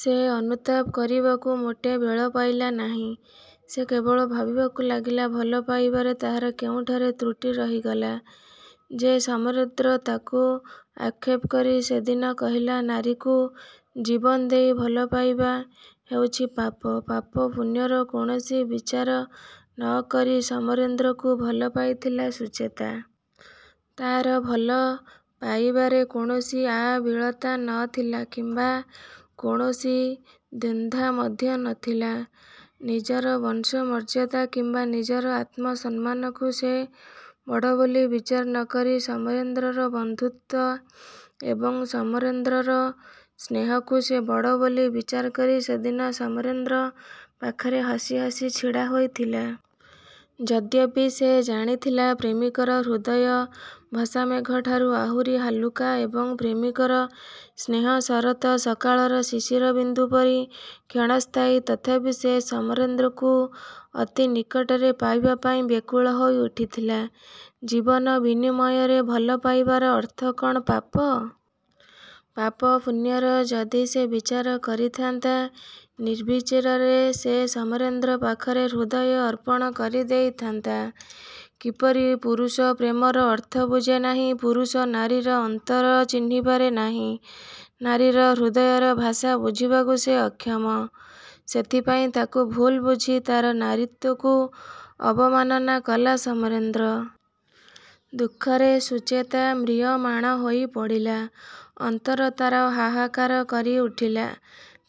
ସେ ଅନୁତାପ କରିବାକୁ ମୋଟେ ବେଳ ପାଇଲା ନାହିଁ। ସେ କେବଳ ଭାବିବାକୁ ଲାଗିଲା ଭଲ ପାଇବାରେ ତାହାର କେଉଁଠାରେ ତ୍ରୁଟି ରହିଗଲା ଯେ ସମରେନ୍ଦ୍ର ତାକୁ ଆକ୍ଷେପ କରି ସେଦିନ କହିଲେ ''ନାରୀକୁ ଜୀବନ ଦେଇ ଭଲ ପାଇବା ହେଉଛି ପାପ। '' ପାପ, ପୁଣ୍ୟର କୌଣସି ବିଚାର ନ କରି ସମରେନ୍ଦ୍ରକୁ ଭଲ ପାଇଥିଲା ସୁଚେତା। ତା'ର ଭଲ ପାଇବାରେ କୌଣସି ଆବିଳତା ନ ଥିଲା କିମ୍ୱା କୌଣସି ଦ୍ୱିଧା ମଧ୍ୟ ନ ଥିଲା। ନିଜର ବଂଶମର୍ଯ୍ୟାଦା କିମ୍ୱା ନିଜର ଆତ୍ମସମ୍ମାନକୁ ସେ ବଡ଼ ବୋଲି ବିଚାର ନ କରି ସମରେନ୍ଦ୍ରର ବନ୍ଧୁତା ଏବଂ ସମରେନ୍ଦ୍ରର ସ୍ନେହକୁ ସେ ବଡ଼ ବୋଲି ବିଚାର କରି ସେଦିନ ସମରେନ୍ଦ୍ର ପାଖରେ ହସିହସି ଛିଡ଼ା ହୋଇଥିଲା। ଯଦ୍ୟପି ସେ ଜାଣିଥିଲା ପ୍ରେମିକର ହୃଦୟ ଭସାମେଘଠାରୁ ଆହୁରି ହାଲୁକା ଏବଂ ପ୍ରେମିକର ସ୍ନେହ ଶରତ ସକାଳର ଶିଶିର ବିନ୍ଦୁ ପରି କ୍ଷଣସ୍ଥାୟୀ ତଥାପି ସେ ସମରେନ୍ଦ୍ରକୁ ଅତି ନିକଟରେ ପାଇବା ପାଇଁ ବ୍ୟାକୁଳ ହୋଇଉଠିଥିଲା। ଜୀବନ ବିନିମୟରେ ଭଲ ପାଇବାର ଅର୍ଥ କ'ଣ ପାପ? ପାପ, ପୁଣ୍ୟର ଯଦି ସେ ବିଚାର କରିଥାନ୍ତା, ନିର୍ବିଚାରରେ ସେ ସମରେନ୍ଦ୍ର ପାଖରେ ହୃଦୟ ଅର୍ପଣ କରିଦେଇଥାନ୍ତା କିପରି-? ପୁରୁଷ ପ୍ରେମର ଅର୍ଥ ବୁଝେନାହିଁ। ପୁରୁଷ ନାରୀର ଅନ୍ତର ଚିହ୍ନିପାରେ ନାହିଁ। ନାରୀର ହୃଦୟର ଭାଷା ବୁଝିବାକୁ ସେ ଅକ୍ଷମ। ସେଥିପାଇଁ ତାକୁ ଭୁଲବୁଝି ତା'ର ନାରୀତ୍ୱକୁ ଅବମାନନା କଲେ ସମରେନ୍ଦ୍ର। ଦୁଃଖରେ ସୁଚେତା ମ୍ରିୟମାଣ ହୋଇପଡ଼ିଲା। ଅନ୍ତର ତା'ର ହାହାକାର କରିଉଠିଲା।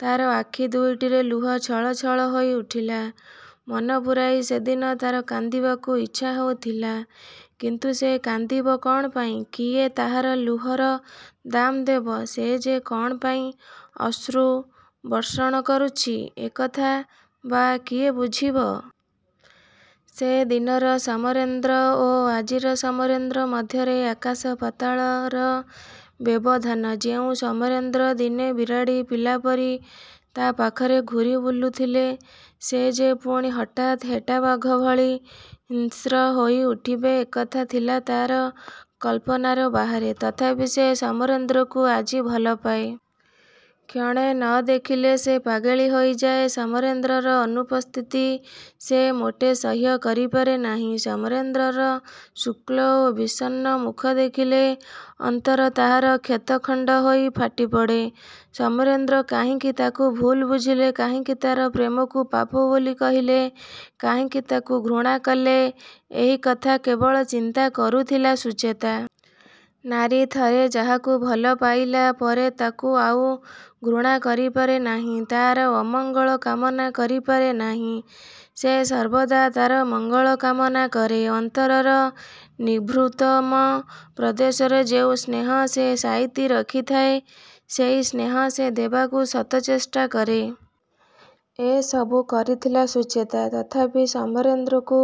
ତା'ର ଆଖି ଦୁଇଟିରେ ଲୁହ ଛଳଛଳ ହୋଇଉଠିଲା। ମନ ପୂରାଇ ସେଦିନ ତା'ର କାନ୍ଦିବାକୁ ଇଛା ହେଉଥିଲା। କିନ୍ତୁ ସେ କାନ୍ଦିବ କ'ଣ ପାଇଁ? କିଏ ତାହାର ଲୁହର ଦାମ ଦେବ? ସେ ଯେ କ'ଣ ପାଇଁ ଅଶ୍ରୁ ବର୍ଷଣ କରୁଛି ଏକଥା ବା କିଏ ବୁଝିବ? ସେଦିନର ସମରେନ୍ଦ୍ର ଓ ଆଜିର ସମରେନ୍ଦ୍ର ମଧ୍ୟରେ ଆକାଶ ପାତାଳର ବ୍ୟବଧାନ-। ଯେଉଁ ସମରେନ୍ଦ୍ର ଦିନେ ବିରାଡ଼ି ପିଲାପରି ତା' ପାଖରେ ଘୂରି ବୁଲୁଥିଲେ ସେ ଯେ ପୁଣି ହଠାତ୍ ହେଟାବାଘ ଭଳି ହିଂସ୍ର ହୋଇଉଠିବେ ଏକଥା ଥିଲା ତା'ର କଳ୍ପନାର ବାହାରେ। ତଥାପି ସେ ସମରେନ୍ଦ୍ରକୁ ଆଜି ଭଲପାଏ। କ୍ଷଣେ ନ ଦେଖିଲେ ସେ ପାଗଳୀ ହୋଇଯାଏ। ସମରେନ୍ଦ୍ରର ଅନୁପସ୍ଥିତି ସେ ମୋଟେ ସହ୍ୟ କରିପାରେ ନାହିଁ। ସମରେନ୍ଦ୍ରର ଶୁଷ୍କ ଓ ବିଷଣ୍ଣ ମୁଖ ଦେଖିଲେ ଅନ୍ତର ତାହାର ଶତଖଣ୍ଡ ହୋଇ ଫାଟି ପଡ଼େ। ସମରେନ୍ଦ୍ର କାହିଁକି ତାକୁ ଭୁଲ ବୁଝିଲେ, କାହିଁକି ତା'ର ପ୍ରେମକୁ ପାପ ବୋଲି କହିଲେ, କାହିଁକି ତାକୁ ଘୃଣା କଲେ ଏହି କଥା କେବଳ ଚିନ୍ତା କରୁଥିଲା ସୁଚେତା। ନାରୀ ଥରେ ଯାହାକୁ ଭଲ ପାଇଲା ପରେ ତାକୁ ଆଉ ଘୃଣା କରିପାରେ ନାହିଁ। ତା'ର ଅମଙ୍ଗଳ କାମନା କରିପାରେ ନାହିଁ। ସେ ସର୍ବଦା ତା'ର ମଙ୍ଗଳ କାମନା କରେ। ଅନ୍ତରର ନିଭୃତତମ ପ୍ରଦେଶରେ ଯେଉଁ ସ୍ନେହ ସେ ସାଇତି ରଖିଥାଏ, ସେହି ସ୍ନେହ ସେ ଦେବାକୁ ଶତଚେଷ୍ଟା କରେ। ଏ ସବୁ କରିଥିଲା ସୁଚେତା। ତଥାପି ସମରେନ୍ଦ୍ରକୁ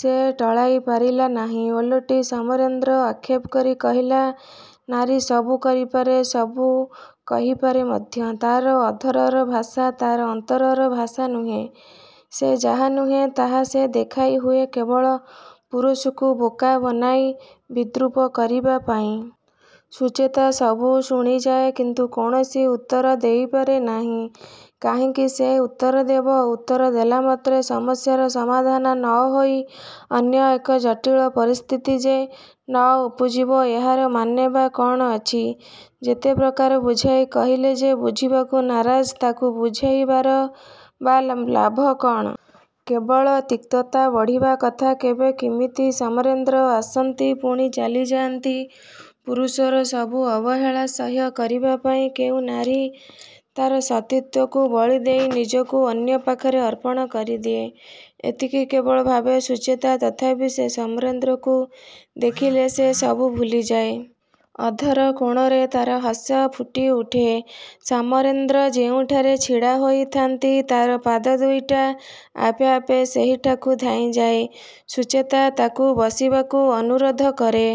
ସେ ଟଳାଇ ପାରିଲା ନାହିଁ। ଓଲଟି ସମରେନ୍ଦ୍ର ଆକ୍ଷେପ କରି କହିଲେ ''ନାରୀ ସବୁ କରିପାରେ। ସବୁ କହିପାରେ ମଧ୍ୟ। ତା'ର ଅଧରର ଭାଷା ତା'ର ଅନ୍ତରର ଭାଷା ନୁହେଁ। ସେ ଯାହା ନୁହେଁ ତାହା ସେ ଦେଖାଇ ହୁଏ କେବଳ ପୁରୁଷକୁ ବୋକା ବନାଇ ବିଦ୍ରୂପ କରିବା ପାଇଁ। ସୁଚେତା ସବୁ ଶୁଣିଯାଏ କିନ୍ତୁ କୌଣସି ଉତ୍ତର ଦେଇ ପାରେନାହିଁ। କାହିଁକି ସେ ଉତ୍ତର ଦେବ? ଉତ୍ତର ଦେଲା ମାତ୍ରେ ସମସ୍ୟାର ସମାଧାନ ନ ହୋଇ ଅନ୍ୟ ଏକ ଜଟିଳ ପରିସ୍ଥିତି ଯେ ନ ଉପୁଜିବ ଏହାର ମାନେ ବା କ'ଣ ଅଛି? ଯେତେ ପ୍ରକାର ବୁଝାଇ କହିଲେ ଯେ ବୁଝିବାକୁ ନାରାଜ ତାକୁ ବୁଝାଇବାରେ ବା ଲାଭ କ'ଣ? କେବଳ। ତିକ୍ତତା ବଢ଼ିବା କଥା। କେବେ କିମିତ ସମରେନ୍ଦ୍ର ଆସନ୍ତି ପୁଣି ଚାଲିଯାଆନ୍ତି। ପୁରୁଷର ସବୁ ଅବହେଳା ସହ୍ୟ କରିବା ପାଇଁ କେଉଁ ନାରୀ ତା'ର ସତୀତ୍ୱକୁ ବଳି ଦେଇ ନିଜକୁ ଅନ୍ୟ ପାଖରେ ଅର୍ପଣ କରିଦିଏ? ଏତିକି କେବଳ ଭାବେ ସୁଚେତା। ତଥାପି ସେ ସମରେନ୍ଦ୍ରକୁ ଦେଖିଲେ ସେ ସବୁ ଭୁଲିଯାଏ। ଅଧର କୋଣରେ ତା'ର ହସ ଫୁଟିଉଠେ। ସମରେନ୍ଦ୍ର ଯେଉଁଠାରେ ଛିଡ଼ା ହୋଇଥାନ୍ତି ତା'ର ପାଦ ଦୁଇଟା ଆପେ ଆପେ ସେହିଠାକୁ ଧାଇଁଯାଏ। ସୁଚେତା ତାଙ୍କୁ ବସିବାକୁ ଅନୁରୋଧ କରେ।